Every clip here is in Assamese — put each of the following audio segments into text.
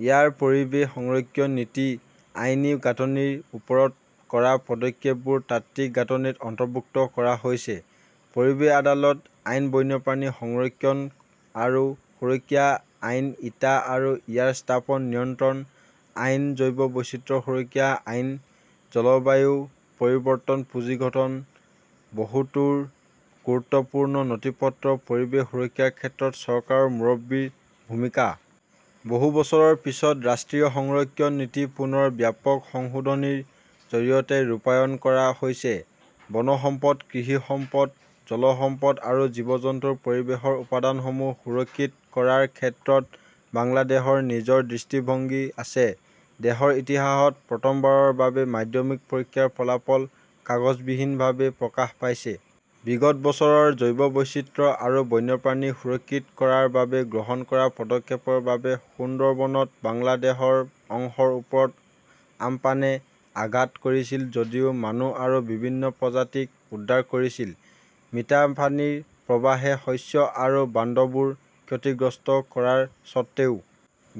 ইয়াৰ পৰিৱেশ সংৰক্ষণ নীতি, আইনী গাঁথনিৰ ওপৰত কৰা পদক্ষেপবোৰ তাত্ত্বিক গাঁথনিত অন্তৰ্ভুক্ত কৰা হৈছে। পৰিৱেশ আদালত আইন বন্যপ্ৰাণী সংৰক্ষণ আৰু সুৰক্ষা আইন ইটা আৰু ইয়াৰ স্থাপন নিয়ন্ত্ৰণ আইন জৈৱ বৈচিত্ৰ্য সুৰক্ষা আইন, জলবায়ু পৰিৱৰ্তন পুঁজি গঠন, বহুতোৰ গুৰুত্বপূৰ্ণ নথিপত্ৰ-পৰিৱেশ সুৰক্ষাৰ ক্ষেত্ৰত চৰকাৰৰ মুৰব্বীৰ ভূমিকা। বহু বছৰৰ পিছত ৰাষ্ট্ৰীয় সংৰক্ষণ নীতি পুনৰ ব্যাপক সংশোধনীৰ জৰিয়তে ৰূপায়ণ কৰা হৈছে। বন সম্পদ, কৃষি সম্পদ, জল সম্পদ আৰু জীৱ-জন্তুৰ পৰিৱেশৰ উপাদানসমূহ সুৰক্ষিত কৰাৰ ক্ষেত্ৰত বাংলাদেশৰ নিজৰ দৃষ্টিভংগী আছে। দেশৰ ইতিহাসত প্ৰথমবাৰৰ বাবে মাধ্যমিক পৰীক্ষাৰ ফলাফল কাগজবিহীনভাৱে প্ৰকাশ পাইছে। বিগত বছৰত জৈৱ বৈচিত্ৰ্য আৰু বন্যপ্ৰাণী সুৰক্ষিত কৰাৰ বাবে গ্ৰহণ কৰা পদক্ষেপৰ বাবে সুন্দৰবনত বাংলাদেশৰ অংশৰ ওপৰত আম্পানে আঘাত কৰিছিল যদিও মানুহ আৰু বিভিন্ন প্ৰজাতিক উদ্ধাৰ কৰিছিল। মিঠা পানীৰ প্ৰৱাহে শস্য আৰু বান্ধবোৰ ক্ষতিগ্ৰস্ত কৰাৰ স্বত্ত্বেও।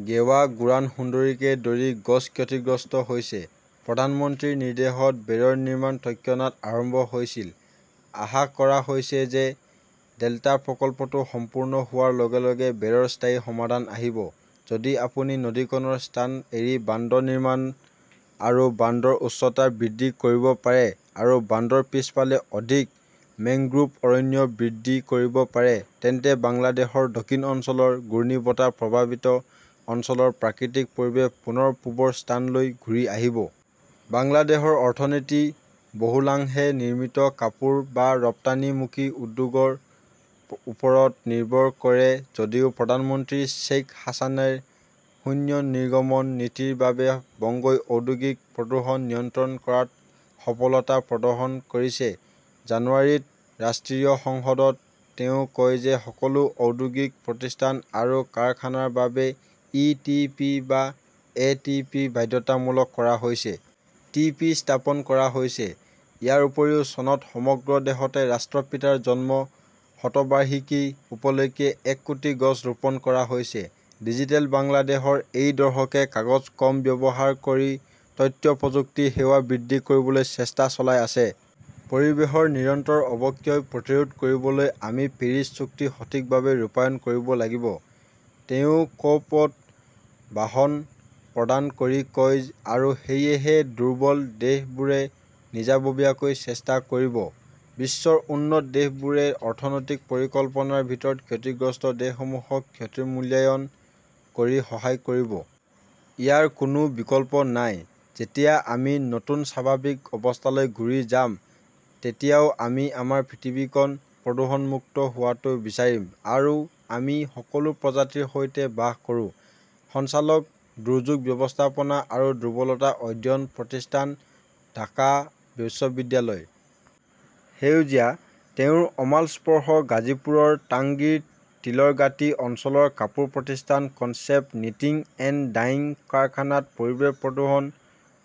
গেৱা, গোৰান, সুন্দৰীকে ধৰি গছ ক্ষতিগ্ৰস্ত হৈছে। প্ৰধানমন্ত্ৰীৰ নিৰ্দেশত বেৰৰ নিৰ্মাণ তৎক্ষণাত আৰম্ভ হৈছিল। আশা কৰা হৈছে যে ডেল্টা প্ৰকল্পটো সম্পূৰ্ণ হোৱাৰ লগে লগে বেৰৰ স্থায়ী সমাধান আহিব। যদি আপুনি নদীখনৰ স্থান এৰি বান্ধ নিৰ্মাণ আৰু বান্ধৰ উচ্চতা বৃদ্ধি কৰিব পাৰে আৰু বান্ধৰ পিছফালে অধিক মেংগ্ৰোভ অৰণ্য বৃদ্ধি কৰিব পাৰে, তেন্তে বাংলাদেশৰ দক্ষিণ অঞ্চলৰ ঘূৰ্ণীবতাহ প্ৰভাৱিত অঞ্চলৰ প্ৰাকৃতিক পৰিৱেশ পুনৰ পূবৰ স্থানলৈ ঘূৰি আহিব। বাংলাদেশৰ অৰ্থনীতি বহুলাংশে নিৰ্মিত কাপোৰ বা ৰপ্তানি মুখী উদ্যোগৰ ওপৰত নিৰ্ভৰ কৰে যদিও প্ৰধানমন্ত্ৰী শ্বেইখ হাছানেৰ শূন্য নিৰ্গমন নীতিৰ বাবে বংগই ঔদ্যোগিক প্ৰদূষণ নিয়ন্ত্ৰণ কৰাত সফলতা প্ৰদৰ্শন কৰিছে। জানুৱাৰীত ৰাষ্ট্ৰীয় সংসদত তেওঁ কয় যে সকলো ঔদ্যোগিক প্ৰতিষ্ঠান আৰু কাৰখানাৰ বাবে ই টি পি বা এ টি পি বাধ্যতামূলক কৰা হৈছে। টি পি স্থাপন কৰা হৈছে। ইয়াৰ উপৰিও চনত সমগ্ৰ দেশতে ৰাষ্ট্ৰপিতাৰ জন্ম শতবাৰ্ষিকী উপলক্ষে এক কোটি গছ ৰোপণ কৰা হৈছে। ডিজিটেল বাংলাদেশৰ এই দৰ্শকে কাগজ কম ব্যৱহাৰ কৰি তথ্য প্ৰযুক্তি সেৱা বৃদ্ধি কৰিবলৈ চেষ্টা চলাই আছে। "পৰিৱেশৰ নিৰন্তৰ অৱক্ষয় প্ৰতিৰোধ কৰিবলৈ আমি পেৰিছ চুক্তি সঠিকভাৱে ৰূপায়ণ কৰিব লাগিব", তেওঁ ক’প ত ভাষণ প্ৰদান কৰি কয়। আৰু সেয়েহে দুৰ্বল দেশবোৰে নিজাববীয়াকৈ চেষ্টা কৰিব; বিশ্বৰ উন্নত দেশবোৰে অৰ্থনৈতিক পৰিকল্পনাৰ ভিতৰত ক্ষতিগ্ৰস্ত দেশসমূহক ক্ষতিৰ মূল্যায়ন কৰি সহায় কৰিব। ইয়াৰ কোনো বিকল্প নাই। যেতিয়া আমি নতুন স্বাভাৱিক অৱস্থালৈ ঘূৰি যাম, তেতিয়াও আমি আমাৰ পৃথিৱীখন প্ৰদূষণমুক্ত হোৱাটো বিচাৰিম আৰু আমি সকলো প্ৰজাতিৰ সৈতে বাস কৰোঁ। সঞ্চালক, দুৰ্যোগ ব্যৱস্থাপনা আৰু দুৰ্বলতা অধ্যয়ন প্ৰতিষ্ঠান, ঢাকা বিশ্ববিদ্যালয়। সেউজীয়া, তেওঁৰ অমাল স্পৰ্শ গাজীপুৰৰ টাংগীৰ তিলৰগাটি অঞ্চলৰ কাপোৰ প্ৰতিষ্ঠান কনচেপ্ট নিটিং এণ্ড ডাইং কাৰখানাত পৰিৱেশ প্ৰদূষণ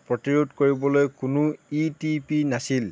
প্ৰতিৰোধ কৰিবলৈ কোনো ই টি পি নাছিল।